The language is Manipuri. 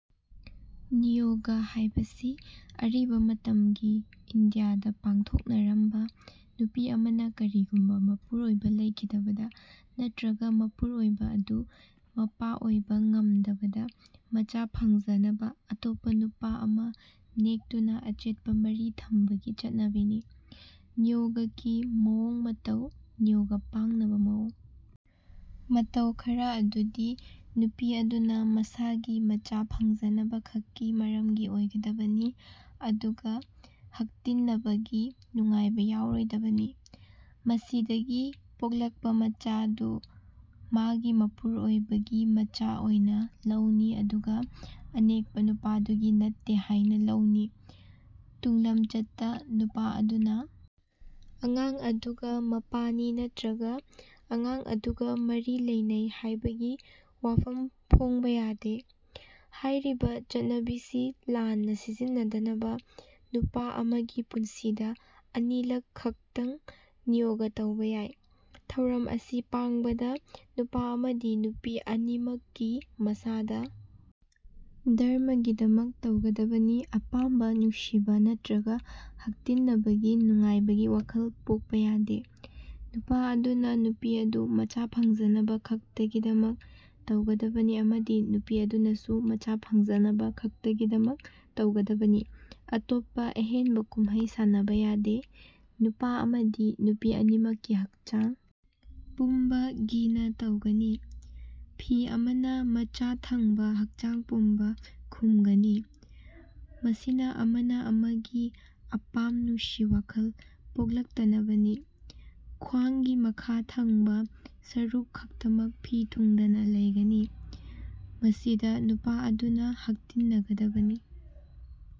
ꯅꯤꯌꯣꯒ ꯍꯥꯏꯕꯁꯤ ꯑꯔꯤꯕ ꯃꯇꯝꯒꯤ ꯏꯟꯗꯤꯌꯥꯗ ꯄꯥꯡꯊꯣꯛꯅꯔꯝꯕ ꯅꯨꯄꯤ ꯑꯃꯅ ꯀꯔꯤꯒꯨꯝꯕ ꯃꯄꯨꯔꯣꯢꯕ ꯂꯩꯈꯤꯗꯕꯗ ꯅꯠꯇ꯭ꯔꯒ ꯃꯄꯨꯔꯣꯢꯕ ꯑꯗꯨ ꯃꯄꯥ ꯑꯣꯢꯕ ꯉꯝꯗꯕꯗ ꯃꯆꯥ ꯐꯪꯖꯅꯕ ꯑꯇꯣꯞꯄ ꯅꯨꯄꯥ ꯑꯃ ꯅꯦꯛꯇꯨꯅ ꯑꯆꯦꯠꯄ ꯃꯔꯤ ꯊꯝꯕꯒꯤ ꯆꯠꯅꯕꯤꯅꯤ꯫ ꯅꯤꯌꯣꯒꯀꯤ ꯃꯑꯣꯡ ꯃꯇꯧ ꯅꯤꯌꯣꯒ ꯄꯥꯡꯅꯕ ꯃꯑꯣꯡ ꯃꯇꯧ ꯈꯔ ꯑꯗꯨꯗꯤ ꯅꯨꯄꯤ ꯑꯗꯨꯅ ꯃꯁꯥꯒꯤ ꯃꯆꯥ ꯐꯪꯖꯅꯕ ꯈꯛꯀꯤ ꯃꯔꯝꯒꯤ ꯑꯣꯢꯒꯗꯕꯅꯤ ꯑꯗꯨꯒ ꯍꯛꯇꯤꯟꯅꯕꯒꯤ ꯅꯨꯡꯉꯥꯢꯕ ꯌꯥꯎꯔꯣꯢꯗꯕꯅꯤ꯫ ꯃꯁꯤꯗꯒꯤ ꯄꯣꯛꯂꯛꯄ ꯃꯆꯥꯗꯨ ꯃꯥꯒꯤ ꯃꯄꯨꯔꯣꯢꯕ ꯒꯤ ꯃꯆꯥ ꯑꯣꯢꯅ ꯂꯧꯅꯤ ꯑꯗꯨꯒ ꯑꯅꯦꯛꯄ ꯅꯨꯄꯥꯗꯨꯒꯤ ꯅꯠꯇꯦ ꯍꯥꯢꯅ ꯂꯧꯅꯤ꯫ ꯇꯨꯡꯂꯝꯆꯠꯇ ꯅꯨꯄꯥ ꯑꯗꯨꯅ ꯑꯉꯥꯡ ꯑꯗꯨꯒ ꯃꯄꯥꯅꯤ ꯅꯠꯇ꯭ꯔꯒ ꯑꯉꯥꯡ ꯑꯗꯨꯒ ꯃꯔꯤ ꯂꯩꯅꯩ ꯍꯥꯢꯕꯒꯤ ꯋꯥꯐꯝ ꯐꯣꯡꯕ ꯌꯥꯗꯦ꯫ ꯍꯥꯢꯔꯤꯕ ꯆꯠꯅꯕꯤꯁꯤ ꯂꯥꯟꯅ ꯁꯤꯖꯤꯟꯅꯗꯅꯕ ꯅꯨꯄꯥ ꯑꯃ ꯒꯤ ꯄꯨꯟꯁꯤꯗ ꯑꯅꯤ ꯂꯛ ꯈꯛꯇꯪ ꯅꯤꯌꯣꯒ ꯇꯧꯕ ꯌꯥꯢ꯫ ꯊꯧꯔꯝ ꯑꯁꯤ ꯄꯥꯡꯕꯗ ꯅꯨꯄꯥ ꯑꯃꯗꯤ ꯅꯨꯄꯤ ꯑꯅꯤꯃꯛꯀꯤ ꯃꯁꯥꯗ ꯙꯔꯃꯒꯤꯗꯃꯛ ꯇꯧꯒꯗꯕꯅꯤ ꯑꯄꯥꯝꯕ ꯅꯨꯡꯁꯤꯕ ꯅꯠꯇ꯭ꯔꯒ ꯍꯛꯇꯤꯟꯅꯕꯒꯤ ꯅꯨꯡꯉꯥꯢꯕꯒꯤ ꯋꯥꯈꯜ ꯄꯣꯛꯄ ꯌꯥꯗꯦ꯫ ꯅꯨꯄꯥ ꯑꯗꯨꯅ ꯅꯨꯄꯤꯗꯨ ꯃꯆꯥ ꯐꯪꯖꯅꯕ ꯈꯛꯇꯒꯤꯗꯃꯛ ꯇꯧꯒꯗꯕꯅꯤ ꯑꯃꯗꯤ ꯅꯨꯄꯤ ꯑꯗꯨꯅꯁꯨ ꯃꯆꯥ ꯐꯪꯖꯅꯕ ꯈꯛꯇꯒꯤꯗꯃꯛ ꯇꯧꯒꯗꯕꯅꯤ꯫ ꯑꯇꯣꯞꯄ ꯑꯍꯦꯟꯕ ꯀꯨꯝꯃꯩ ꯁꯥꯟꯅꯕ ꯌꯥꯗꯦ꯫ ꯅꯨꯄꯥ ꯑꯃꯗꯤ ꯅꯨꯄꯤ ꯑꯅꯤꯃꯛꯀꯤ ꯍꯛꯆꯥꯡ ꯄꯨꯝꯕ ꯘꯤꯅ ꯇꯩꯒꯅꯤ꯫ ꯐꯤ ꯑꯃꯅ ꯃꯆꯥ ꯊꯪꯕ ꯍꯛꯆꯥꯡ ꯄꯨꯝꯕ ꯈꯨꯝꯒꯅꯤ꯫ ꯃꯁꯤꯅ ꯑꯃꯅ ꯑꯃꯒꯤ ꯑꯄꯥꯝ ꯅꯨꯡꯁꯤ ꯋꯥꯈꯜ ꯄꯣꯛꯂꯛꯇꯅꯕꯅꯤ꯫ ꯈ꯭ꯋꯥꯡꯒꯤ ꯃꯈꯥ ꯊꯪꯕ ꯁꯔꯨꯛ ꯈꯛꯇꯃꯛ ꯐꯤ ꯊꯨꯡꯗꯅ ꯂꯩꯒꯅꯤ꯫ ꯃꯁꯤꯗ ꯅꯨꯄꯥ ꯑꯗꯨꯅ ꯍꯛꯇꯤꯟꯅꯒꯗꯕꯅꯤ꯫